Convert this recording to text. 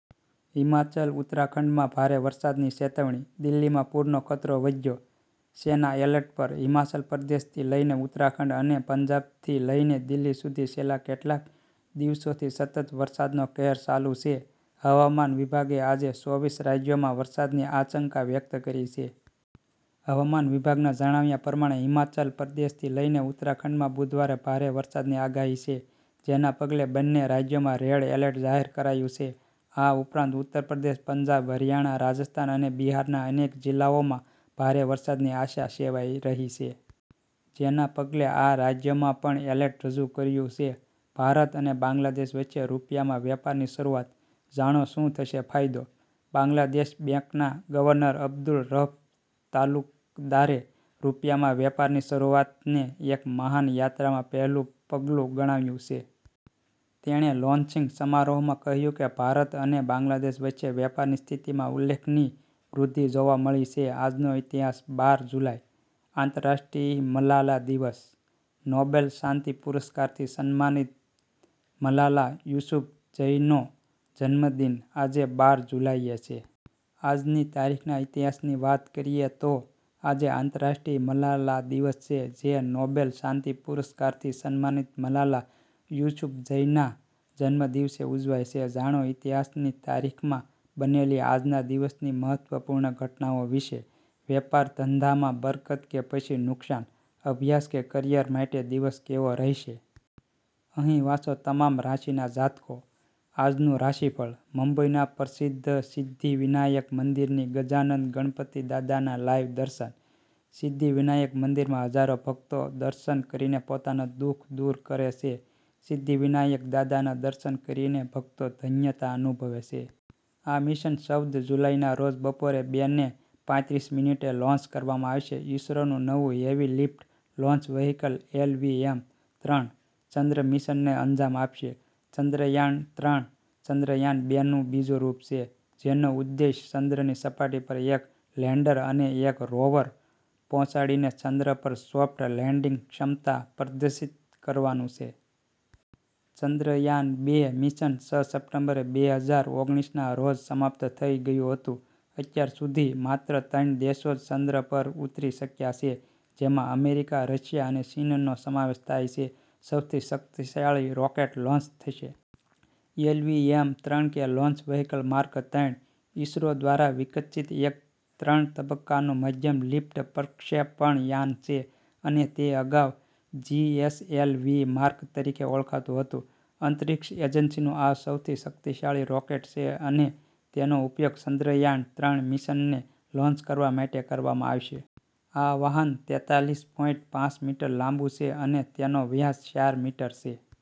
હિમાચલ-ઉત્તરાખંડમાં ભારે વરસાદની ચેતવણી, દિલ્હીમાં પૂરનો ખતરો વધ્યો, સેના એલર્ટ પર હિમાચલ પ્રદેશથી લઇને ઉત્તરાખંડ અને પંજાબથી લઇને દિલ્હી સુધી છેલ્લા કેટલાક દિવસોથી સતત વરસાદનો કહેર ચાલું છે. હવામાન વિભાગે આજે ચોવીસ રાજ્યોમાં વરસાદની આશંકા વ્યક્ત કરી છે. હવામાન વિભાગના જણાવ્યા પ્રમાણે હિમાચલ પ્રદેશથી લઇને ઉત્તરાખંડમાં બુધવારે ભારે વરસાદની આગાહી છે. જેના પગલે બંને રાજ્યોમાં રેડ એલર્ટ જાહેર કરાયું છે. આ ઉપરાંત ઉત્તર પ્રદેશ, પંજાબ હરિયાણા, રાજસ્થાન અને બિહારના અનેક જિલ્લાઓમાં ભારે વરસાદની આશા સેવાઈ રહી છે. જેના પગલે આ રાજ્યોમાં પણ એલર્ટ રજૂ કર્યું છે. ભારત અને બાંગ્લાદેશ વચ્ચે રૂપિયામાં વેપારની શરુઆત, જાણો શું થશે ફાયદો? બાંગ્લાદેશ બેંકના ગવર્નર અબ્દુર રઉફ તાલુકદારે રુપિયામાં વેપારની શરુઆતને એક મહાન યાત્રામાં પહેલું પગલું ગણાવ્યું છે. તેમણે લોન્ચિંગ સમારોહમાં કહ્યું કે ભારત અને બાંગ્લાદેશ વચ્ચે વેપારની સ્થિતિમાં ઉલ્લેખનીય વૃદ્ધિ જોવા મળી છે. આજનો ઇતિહાસ બાર જુલાઇ:- આંતરરાષ્ટ્રીય મલાલા દિવસ, નોબેલ શાંતિ પુરસ્કારથી સમ્માનિત મલાલા યુસુફઝઈનો જન્મદિન આજે બાર જુલાઇએ છે. આજની તારીખના ઇતિહાસની વાત કરીએ તો આજે આંતરરાષ્ટ્રીય મલાલા દિવસ છે, જે નોબેલ શાંતિ પુરસ્કારથી સમ્માનિત મલાલા યુસુફઝઈના જન્મ દિવસે ઉજવાય છે. જાણો ઇતિહાસની તવારીખમાં બનેલી આજના દિવસની મહત્વપૂર્ણ ઘટનાઓ વિશે. વેપાર ધંધામાં બરકત કે પછી નુકસાન, અભ્યાસ કે કરિયર માટે દિવસ કેવો રહેશે? અહીં વાંચો તમામ રાશિના જાતકો. આજનું રાશિફળ. મુંબઇના પ્રસિદ્ધ સિદ્ધિ વિનાયક મંદિરથી ગજાનંદ ગણપતિ દાદાના લાઇવ દર્શન:- સિદ્ધિ વિનાયક મંદિરમાં હજારો ભક્તો દર્શન કરીને પોતાના દુઃખ દૂર કરે છે. સિદ્ધિ વિનાયક દાદાના દર્શન કરીને ભક્તો ધન્યતા અનુભવે છે. આ મિશન ચૌદ જુલાઈના રોજ બપોરે બે ને પાંત્રીસ મિનિટે લોન્ચ કરવામાં આવશે. ઈસરોનું નવું હેવીલિફ્ટ લોન્ચ વ્હીકલ એલ.વી.એમ.-ત્રણ ચંદ્ર મિશનને અંજામ આપશે. ચંદ્રયાન-ત્રણ, ચંદ્રયાન-બેનું બીજું રૂપ છે. જેનો ઉદ્દેશ્ય ચંદ્રની સપાટી પર એક લેન્ડર અને એક રોવર પહોંચાડીને ચંદ્ર પર સોફ્ટ લેન્ડિંગની ક્ષમતા પ્રદર્શિત કરવાનું છે. ચંદ્રયાન-બે મિશન છ સપ્ટેમ્બર બે હજાર ઓગણીસ ના રોજ સમાપ્ત થઇ ગયું હતું. અત્યાર સુધી માત્ર ત્રણ દેશો જ ચંદ્ર પર ઉતરી શક્યા છે. જેમાં અમેરિકા, રશિયા અને ચીનનો સમાવેશ થાય છે. સૌથી શક્તિશાળી રોકેટ લોન્ચ થશે. એલ.વી.એમ.-ત્રણ કે લોન્ચ વ્હીકલ માર્ક-ત્રણ ઇસરો દ્વારા વિકસિત એક ત્રણ તબક્કાનું મધ્યમ-લિફ્ટ પ્રક્ષેપણ યાન છે અને તે અગાઉ જી.એસ.એલ.વી. માર્ક તરીકે ઓળખાતું હતું. અંતરિક્ષ એજન્સીનું આ સૌથી શક્તિશાળી રોકેટ છે અને તેનો ઉપયોગ ચંદ્રયાન-ત્રણ મિશનને લોન્ચ કરવા માટે કરવામાં આવશે. આ વાહન તેતાલીસ પોઈન્ટ પાંચ મીટર લાંબું છે અને તેનો વ્યાસ ચાર મીટર છે.